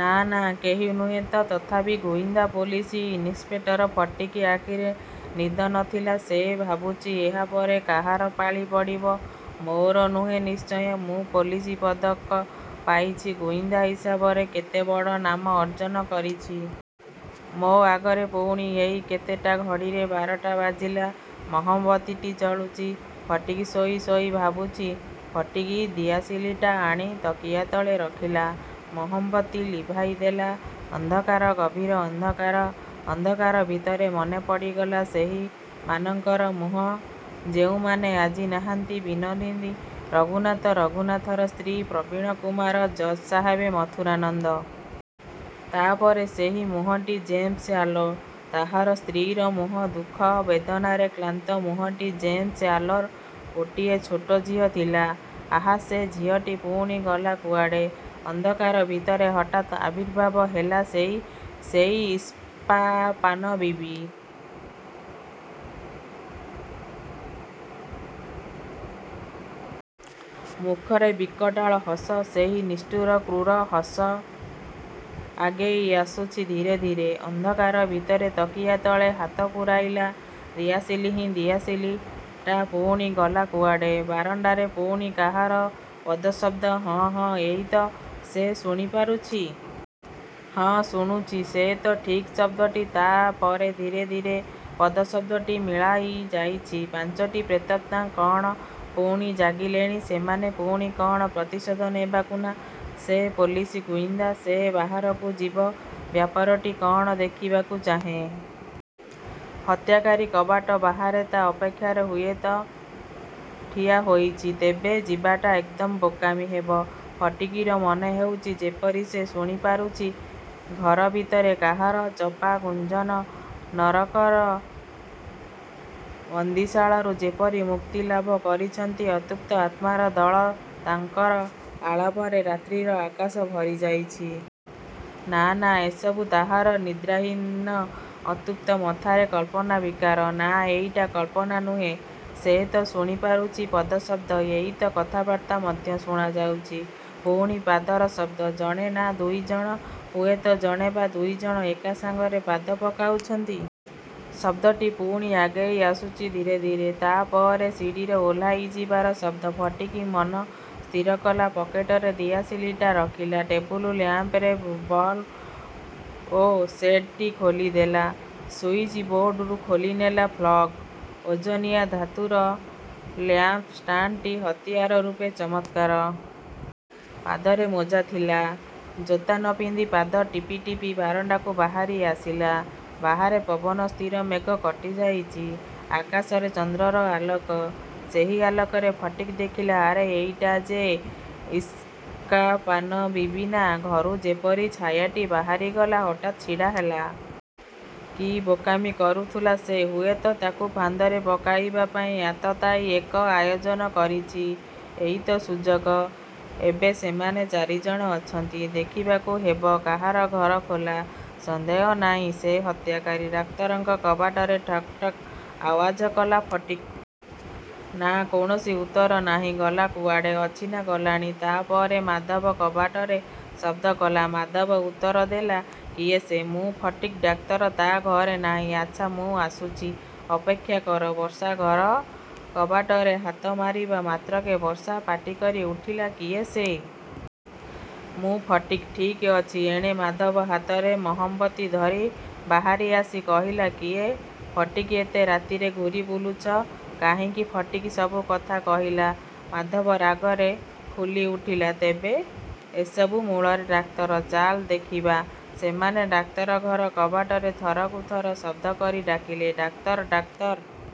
ନା, ନା, କେହି ନୁହେଁ ତ! ତଥାପି ଗୁଇନ୍ଦା ପୋଲିସ ଇନ୍ସପେକ୍ଟର ଫଟିକ୍ ଆଖିରେ ନିଦ ନ ଥିଲା। ସେ ଭାବୁଛି ଏହା ପରେ କାହାର ପାଳି ପଡ଼ିବ? ମୋର ନୁହେଁ ନିଶ୍ଚୟ। ମୁଁ ପୋଲିସ ପଦକ ପାଇଛି। ଗୁଇନ୍ଦା ହିସାବରେ କେତେ ବଡ଼ ନାମ ଅର୍ଜନ କରିଛି। ମୋ ଆଗରେ ପୁଣି ଏଇ କେତେଟା ଘଡ଼ିରେ ବାରଟା ବାଜିଲା। ମହମବତୀଟି ଜଳୁଛି। ଫଟିକ୍ ଶୋଇ ଶୋଇ ଭାବୁଛି। ଫଟିକ୍ ଦିଆସିଲି ଟା ଆଣି ତକିଆ ତଳେ ରଖିଲା। ମହମବତୀ ଲିଭାଇଦେଲା। ଅନ୍ଧକାର। ଗଭୀର ଅନ୍ଧକାର। ଅନ୍ଧକାର ଭିତରେ ମନେପଡ଼ିଗଲା ସେହିମାନଙ୍କର ମୁହଁ ଯେଉଁମାନେ ଆଜି ନାହାନ୍ତି: ବିନୋଦିନୀ, ରଘୁନାଥ, ରଘୁନାଥର ସ୍ତ୍ରୀ, ପ୍ରବୀଣକୁମାର, ଜଜ୍ ସାହେବ, ମଥୁରାନନ୍ଦ। ତା ପରେ ସେହି ମୁହଁଟି ଜେମ୍ସ ଆଂଲୋ। ତାହାର ସ୍ତ୍ରୀର ମୁହଁ। ଦୁଃଖ ବେଦନାରେ କ୍ଳାନ୍ତ ମୁହଁଟି। ଜେମ୍ସ ଆଂଲୋର ଗୋଟିଏ ଛୋଟ ଝିଅ ଥିଲା। ଆହା, ସେ ଝିଅଟି ପୁଣି ଗଲା କୁଆଡ଼େ? ଅନ୍ଧକାର ଭିତରେ ହଠାତ୍ ଆବିର୍ଭାବ ହେଲା ସେଇ, ସେଇ ଇସ୍କାପାନ ବିବି। ମୁଖରେ ବିକଟାଳ ହସ। ସେଇ ନିଷ୍ଠୁର କ୍ରୂର ହସ। ଆଗେଇଆସୁଛି ଧୀରେ ଧୀରେ। ଅନ୍ଧକାର ଭିତରେ ତକିଆ ତଳେ ହାତ ପୂରାଇଲା। ଦିଆସିଲି ହଁ, ଦିଆସିଲି ଟା ପୁଣି ଗଲା କୁଆଡ଼େ? ବାରଣ୍ଡାରେ ପୁଣି କାହାର ପଦଶବ୍ଦ! ହଁ ହଁ, ଏଇ ତ ସେ ଶୁଣିପାରୁଛି। ହଁ, ଶୁଣୁଛି ସେ ତ ଠିକ୍ ଶବ୍ଦଟି। ତା ପରେ ଧୀରେ ଧୀରେ ପଦଶବ୍ଦଟି ମିଳାଇଯାଉଛି। ପାଞ୍ଚଟି ପ୍ରେତାତ୍ମା କ'ଣ ପୁଣି ଜାଗିଲେଣି? ସେମାନେ ପୁଣି କ'ଣ ପ୍ରତିଶୋଧ ନେବାକୁ ନା, ସେ ପୋଲିସ ଗୁଇନ୍ଦା। ସେ ବାହାରକୁ ଯିବ। ବ୍ୟାପାରଟି କ'ଣ, ଦେଖିବାକୁ ଚାହେଁ। ହତ୍ୟାକାରୀ କବାଟ ବାହାରେ ତା ଅପେକ୍ଷାରେ ହୁଏତ ଠିଆ ହୋଇଛି। ତେବେ ଯିବାଟା ଏକଦମ ବୋକାମି ହେବ। ଫଟିକର ମନେହେଉଚି ଯେପରି ସେ ଶୁଣିପାରୁଚି ଘର ଭିତରେ କାହାର ଚପା ଗୁଞ୍ଜନ। ନରକର ବନ୍ଦୀଶାଳାରୁ ଯେପରି ମୁକ୍ତି ଲାଭ କରିଛନ୍ତି ଅତୃପ୍ତ ଆତ୍ମାର ଦଳ। ତାଙ୍କର ଆଳାପରେ ରାତ୍ରିର ଆକାଶ ଭରିଯାଇଛି। ନା, ନା, ଏସବୁ ତାହାର ନିଦ୍ରାହୀନ ଅତୃପ୍ତ ମଥାର କଳ୍ପନା ବିକାର। ନା, ଏଇଟା କଳ୍ପନା ନୁହେଁ। ସେ ତ ଶୁଣିପାରୁଚି ପଦଶବ୍ଦ। ଏଇ ତ କଥାବାର୍ତ୍ତା ମଧ୍ୟ ଶୁଣାଯାଉଚି। ପୁଣି ପାଦର ଶବ୍ଦ। ଜଣେ ନା ଦୁଇ ଜଣ? ହୁଏତ ଜଣେ ବା ଦୁଇ ଜଣ ଏକାସାଙ୍ଗରେ ପାଦ ପକାଉଛନ୍ତି। ଶବ୍ଦଟି ପୁଣି ଆଗେଇଆସୁଛି ଧୀରେ ଧୀରେ। ତା ପରେ ସିଡ଼ିରେ ଓହ୍ଲାଇଯିବାର ଶବ୍ଦ। ଫଟିକ୍ ମନ ସ୍ଥିର କଲା। ପକେଟରେ ଦିଆସିଲି ଟା ରଖିଲା। ଟେବୁଲ ଲ୍ୟାମ୍ପର ବଲ୍ବ ଓ ସେଡ୍ ଟି ଖୋଲିଦେଲା। ସୁଇଚ୍ ବୋର୍ଡରୁ ଖୋଲିନେଲା ପ୍ଲଗ୍। ଓଜନିଆ ଧାତୁର ଲ୍ୟାମ୍ପ ଷ୍ଟାଣ୍ଡଟି ହତିଆର ରୂପେ ଚମତ୍କାର। ପାଦରେ ମୋଜା ଥିଲା। ଜୋତା ନ ପିନ୍ଧି ପାଦ ଟିପି ଟିପି ବାରଣ୍ଡାକୁ ବାହାରିଆସିଲା। ବାହାରେ ପବନ ସ୍ଥିର। ମେଘ କଟିଯାଇଚି। ଆକାଶରେ ଚନ୍ଦ୍ରର ଆଲୋକ। ସେହି ଆଲୋକରେ ଫଟିକ୍ ଦେଖିଲା, ଆରେ, ଏଇଟା ଯେ ଇସ୍କାପାନ ବିବି, ନା! ଘରୁ ଯେପରି ଛାୟାଟି ବାହାରିଗଲା ହଠାତ୍ ଛିଡ଼ାହେଲା। କି ବୋକାମି କରୁଥିଲା ସେ! ହୁଏତ ତାକୁ ଫାନ୍ଦରେ ପକାଇବା ପାଇଁ ଆତତାୟୀ ଏକ ଆୟୋଜନ କରିଚି। ଏଇ ତ ସୁଯୋଗ। ଏବେ ସେମାନେ ଚାରି ଜଣ ଅଛନ୍ତି। ଦେଖିବାକୁ ହେବ କାହାର ଘର ଖୋଲା। ସନ୍ଦେହ ନାହିଁ ସେ ହତ୍ୟାକାରୀ। ଡାକ୍ତରଙ୍କ କବାଟରେ ଠକ୍ ଠକ୍ ଆୱାଜ କଲା ଫଟିକ୍। ନା, କୌଣସି ଉତ୍ତର ନାହିଁ। ଗଲା କୁଆଡ଼େ? ଅଛି ନା ଗଲାଣି? ତା ପରେ ମାଧବ କବାଟରେ ଶବ୍ଦ କଲା। ମାଧବ ଉତ୍ତର ଦେଲା, କିଏ ସେ? ମୁଁ ଫଟିକ୍। ଡାକ୍ତର ତା ଘରେ ନାହିଁ। ଆଚ୍ଛା, ମୁଁ ଆସୁଛି, ଅପେକ୍ଷା କର। ବର୍ଷା ଘର କବାଟରେ ହାତ ମାରିବା ମାତ୍ରକେ ବର୍ଷା ପାଟିକରି ଉଠିଲା, କିଏ ସେ? ମୁଁ ଫଟିକ୍। ଠିକ୍ ଅଛି। ଏଣେ ମାଧବ ହାତରେ ମହମବତୀ ଧରି ବାହାରିଆସି କହିଲା, କିହେ ଫଟିକ୍, ଏତେ ରାତିରେ ଘୂରିବୁଲୁଚ କାହିଁକି? ଫଟିକ୍ ସବୁ କଥା କହିଲା। ମାଧବ ରାଗରେ ଫୁଲିଉଠିଲା, ତେବେ ଏସବୁ ମୂଳରେ ଡାକ୍ତର। ଚାଲ ଦେଖିବା। ସେମାନେ ଡାକ୍ତର ଘର କବାଟରେ ଥରକୁ ଥର ଶବ୍ଦ କରି ଡାକିଲେ, ଡାକ୍ତର, ଡାକ୍ତର!